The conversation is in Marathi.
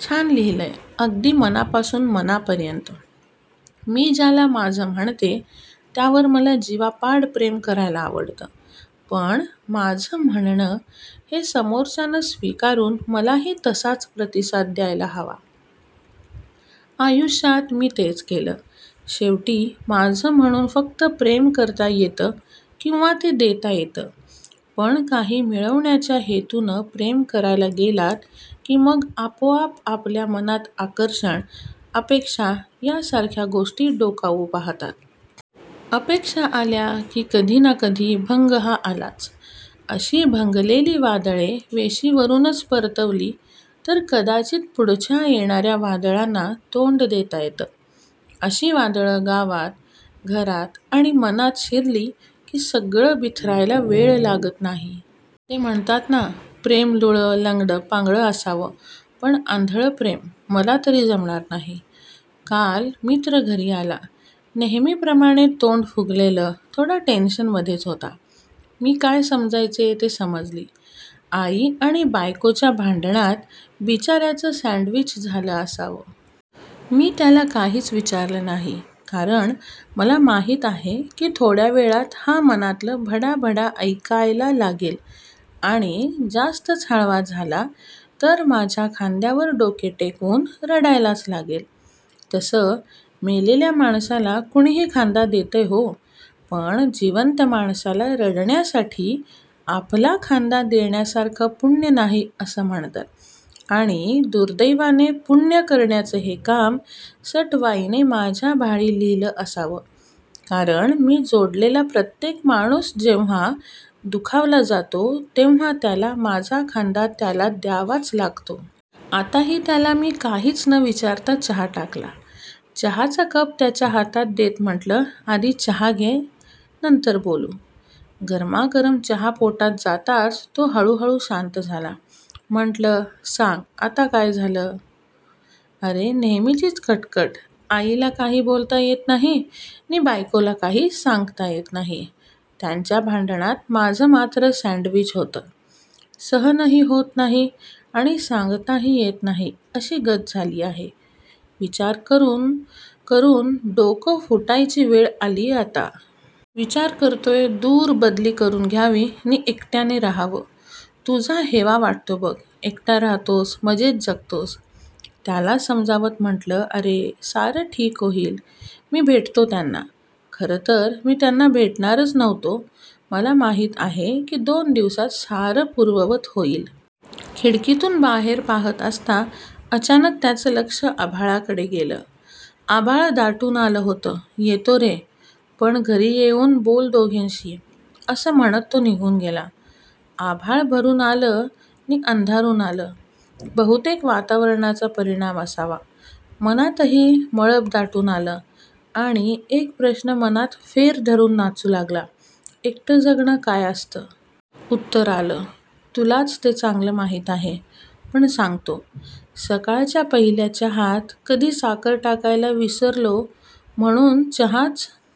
छान लिहिलंय अगदी मनापासून मनापर्यंत. मी ज्याला माझं म्हणते त्यावर मला जिवापाड प्रेम करायला आवडतं. पण माझं म्हणणं हे समोरच्यानं स्वीकारून मलाही तसाच प्रतिसाद द्यायला हवा. आयुष्यात मी तेच केलं. शेवटी माझं म्हणून फक्त प्रेम करता येतं किंवा ते देता येतं, पण काही मिळवण्याच्या हेतूनं प्रेम करायला गेलात कि मग आपोआप आपल्या मनात आकर्षण, अपेक्षा यासारख्या गोष्टी डोकावू पाहतात. अपेक्षा आल्या कि कधी ना कधी भंग हा आलाच. अशी भंगलेली वादळे वेशीवरूनच परतवली तर कदाचित पुढच्या येणाऱ्या वादळांना तोंड देता येतं. अशी वादळं गावात, घरात आणि मनात शिरली कि सगळं बिथरायला वेळ लागत नाही. ते म्हणतात ना, प्रेम लुळं, लंगडं, पांगळं असावं पण आंधळं प्रेम, मला तरी जमणार नाही. काल मित्र घरी आला, नेहमीप्रमाणे तोंड फुगलेले, थोडा टेंशनमध्येच होता. मी काय समजायचे ते समजली, आई आणि बायकोच्या भांडणात बिचाऱ्याचं सॅण्डविच झालं असावं. मी त्याला काहीच विचारलं नाही कारण मला माहित आहे की थोड्या वेळात हा मनातलं भडाभडा ऐकायला लागेल आणि जास्तच हळवा झाला तर माझ्या खांद्यावर डोके टेकवून रडायलाच लागेल, तसं मेलेल्या माणसाला कुणीही खांदा देतंय हो, पण जिवंत माणसाला रडण्यासाठी आपला खांदा देण्यासारखं पुण्य नाही असं म्हणतात, आणि दुर्दैवाने पुण्य करण्याचं हे काम सटवाईने माझ्या भाळी लिहील असावं, कारण मी जोडलेला प्रत्येक माणूस जेव्हा दुखावला जातो तेव्हा त्याला माझा खांदा त्याला द्यावाच लागतो. आताही त्याला मी काहीच न विचारता चहा टाकला. चहाचा कप त्याच्या हातात देत म्हटलं आधी चहा घे नंतर बोलू. गरमागरम चहा पोटात जाताच तो हळूहळू शांत झाला. म्हटलं सांग आता काय झालं, अरे नेहमीचीच कटकट, आईला काही बोलता येत नाही नी बायकोला काही सांगता येत नाही, त्यांच्या भांडणात माझं मात्र सॅण्डविच होतं, सहनही होत नाही आणि सांगताही येत नाही अशी गत झाली आहे, विचार करून करून डोकं फुटायची वेळ आलीय आता. विचार करतोय दूर बदली करून घ्यावी नि एकट्याने रहावं, तुझा हेवा वाटतो बघ, एकटा राहतोस, मजेत जगतोस. त्याला समजावत म्हटलं अरे, सारं ठीक होईल, मी भेटतो त्यांना. खरंतर मी त्यांना भेटणारच नव्हतो, मला माहित आहे की दोन दिवसांत सारं पूर्ववत होईल. खिडकीतून बाहेर पाहत असता अचानक त्याचं लक्ष आभाळाकडे गेलं, आभाळ दाटून आलं होतं, येतो रे, पण घरी येऊन बोल दोघींशी. असं म्हणत तो निघून गेला. आभाळ भरून आलं नि अंधारून आलं, बहुतेक वातावरणाचा परिणाम असावा, मनातही मळभ दाटून आलं आणि एक प्रश्न मनात फेर धरून नाचू लागला, एकटं जगणं काय असतं? उत्तर आलं, तुलाच ते चांगलं माहीत आहे पण सांगतो. सकाळच्या पहिल्या चहात कधी साखर टाकायला विसरलो म्हणून चहाचं